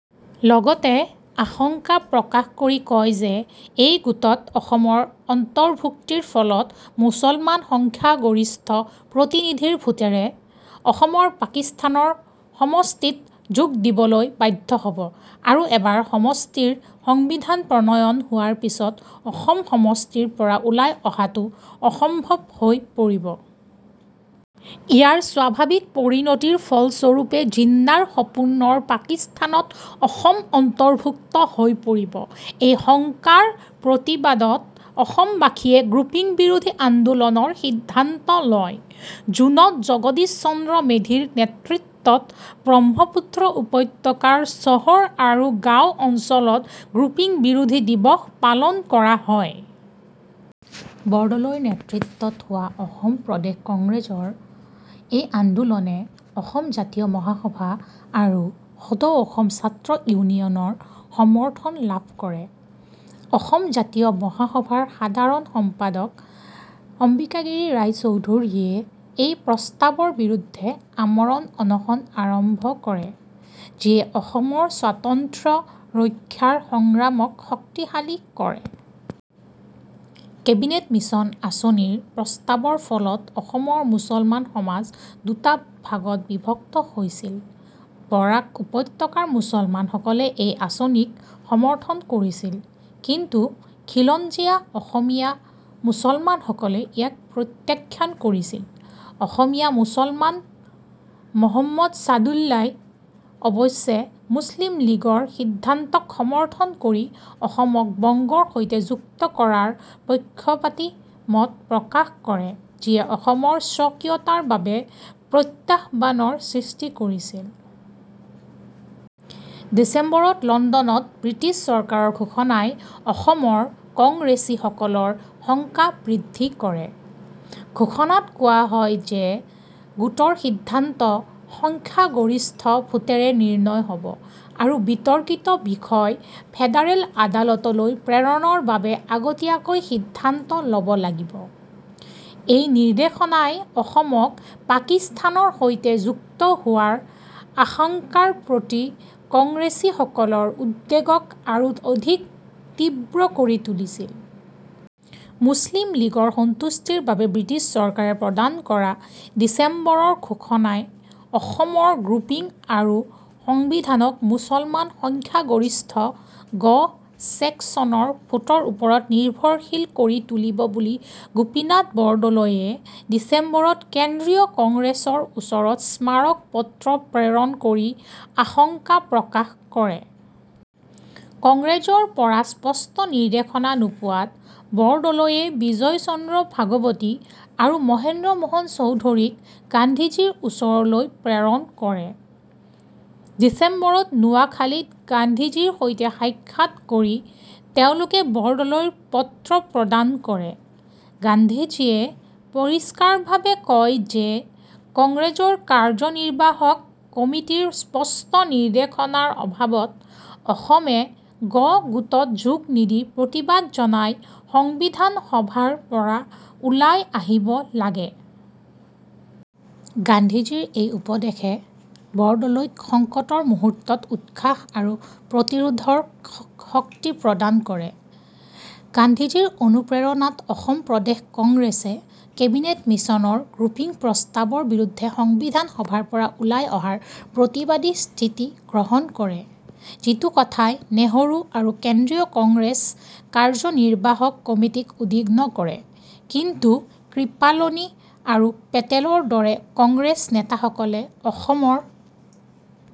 লগতে আশংকা প্ৰকাশ কৰি কয় যে এই গোটত অসমৰ অন্তৰ্ভুক্তিৰ ফলত মুছলমান সংখ্যাগৰিষ্ঠ প্ৰতিনিধিৰ ভোটেৰে অসম পাকিস্তানৰ সমষ্টিত যোগ দিবলৈ বাধ্য হ'ব আৰু এবাৰ সমষ্টিৰ সংবিধান প্ৰণয়ন হোৱাৰ পিচত অসম সমষ্টিৰ পৰা ওলাই অহাটো অসম্ভৱ হৈ পৰিব। ইয়াৰ স্বাভাৱিক পৰিণতিৰ ফলস্বৰূপে জিন্নাৰ সপোনৰ পাকিস্তানত অসম অন্তৰ্ভুক্ত হৈ পৰিব। এই শংকাৰ প্ৰতিবাদত অসমবাসীয়ে গ্ৰুপিং বিৰোধী আন্দোলনৰ সিদ্ধান্ত লয়। জুনত জগদীশ চন্দ্ৰ মেধিৰ নেতৃত্বত ব্ৰহ্মপুত্ৰ উপত্যকাৰ চহৰ আৰু গাঁও অঞ্চলত গ্ৰুপিং বিৰোধী দিৱস পালন কৰা হয়। বৰদলৈৰ নেতৃত্বত হোৱা অসম প্ৰদেশ কংগ্ৰেছৰ এই আন্দোলনে অসম জাতীয় মহাসভা আৰু সদৌ অসম ছাত্ৰ ইউনিয়নৰ সমৰ্থন লাভ কৰে। অসম জাতীয় মহাসভাৰ সাধাৰণ সম্পাদক অম্বিকাগিৰি ৰায়চৌধুৰীয়ে এই প্ৰস্তাৱৰ বিৰুদ্ধে আমৰণ অনশন আৰম্ভ কৰে, যিয়ে অসমৰ স্বাতন্ত্ৰ্য ৰক্ষাৰ সংগ্ৰামক শক্তিশালী কৰে। কেবিনেট মিছন আঁচনিৰ প্ৰস্তাৱৰ ফলত অসমৰ মুছলমান সমাজ দুটা ভাগত বিভক্ত হৈছিল। বৰাক উপত্যকাৰ মুছলমানসকলে এই আঁচনিক সমৰ্থন কৰিছিল, কিন্তু খিলঞ্জীয়া অসমীয়া মুছলমানসকলে ইয়াক প্ৰত্যাখ্যান কৰিছিল। অসমীয়া মুছলমান মহম্মদ ছাদুল্লাই অৱশ্যে মুছলিম লীগৰ সিদ্ধান্তক সমৰ্থন কৰি অসমক বংগৰ সৈতে যুক্ত কৰাৰ পক্ষপাতী মত প্ৰকাশ কৰে, যিয়ে অসমৰ স্বকীয়তাৰ বাবে প্ৰত্যাহ্বানৰ সৃষ্টি কৰিছিল। ডিচেম্বৰত লণ্ডনত ব্ৰিটিছ চৰকাৰৰ ঘোষণাই অসমৰ কংগ্ৰেছীসকলৰ শংকা বৃদ্ধি কৰে। ঘোষণাত কোৱা হয় যে গোটৰ সিদ্ধান্ত সংখ্যাগৰিষ্ঠ ভোটেৰে নিৰ্ণয় হ'ব আৰু বিতৰ্কিত বিষয় ফেডাৰেল আদালতলৈ প্ৰেৰণৰ বাবে আগতীয়াকৈ সিদ্ধান্ত ল'ব লাগিব। এই নিৰ্দেশনাই অসমক পাকিস্তানৰ সৈতে যুক্ত হোৱাৰ আশংকাৰ প্ৰতি কংগ্ৰেছীসকলৰ উদ্বেগক আৰু অধিক তীব্ৰ কৰি তুলিছিল। মুছলিম লীগৰ সন্তুষ্টিৰ বাবে ব্ৰিটিছ চৰকাৰে প্ৰদান কৰা ডিচেম্বৰৰ ঘোষণাই অসমৰ গ্ৰুপিং আৰু সংবিধানক মুছলমান সংখ্যাগৰিষ্ঠ 'গ' ছেকচনৰ ভোটৰ ওপৰত নিৰ্ভৰশীল কৰি তুলিব বুলি গোপীনাথ বৰদলৈয়ে ডিচেম্বৰত কেন্দ্ৰীয় কংগ্ৰেছৰ ওচৰত স্মাৰকপত্ৰ প্ৰেৰণ কৰি আশংকা প্ৰকাশ কৰে। কংগ্ৰেছৰ পৰা স্পষ্ট নিৰ্দেশনা নোপোৱাত বৰদলৈয়ে বিজয় চন্দ্ৰ ভাগৱতী আৰু মহেন্দ্ৰ মোহন চৌধুৰীক গান্ধীজীৰ ওচৰলৈ প্ৰেৰণ কৰে। ডিচেম্বৰ ত নোৱাখালিত গান্ধীজীৰ সৈতে সাক্ষাৎ কৰি তেওঁলোকে বৰদলৈৰ পত্ৰ প্ৰদান কৰে। গান্ধীজীয়ে পৰিষ্কাৰভাৱে কয় যে কংগ্ৰেছৰ কাৰ্যনিৰ্বাহক কমিটীৰ স্পষ্ট নিৰ্দেশনাৰ অভাৱত অসমে 'গ' গোটত যোগ নিদি প্ৰতিবাদ জনাই সংবিধান সভাৰ পৰা ওলাই আহিব লাগে। গান্ধীজীৰ এই উপদেশে বৰদলৈক সংকটৰ মুহূৰ্তত উৎসাহ আৰু প্ৰতিৰোধৰ শক্তি প্ৰদান কৰে। গান্ধীজীৰ অনুপ্ৰেৰণাত অসম প্ৰদেশ কংগ্ৰেছে কেবিনেট মিছনৰ গ্ৰুপিং প্ৰস্তাৱৰ বিৰুদ্ধে সংবিধান সভাৰ পৰা ওলাই অহাৰ প্ৰতিবাদী স্থিতি গ্ৰহণ কৰে; যিটো কথাই নেহৰু আৰু কেন্দ্ৰীয় কংগ্ৰেছ কাৰ্যনিৰ্বাহক কমিটীক উদ্বিগ্ন কৰে। কিন্তু কৃপালনি আৰু পেটেলৰ দৰে কংগ্ৰেছ নেতাসকলে অসমৰ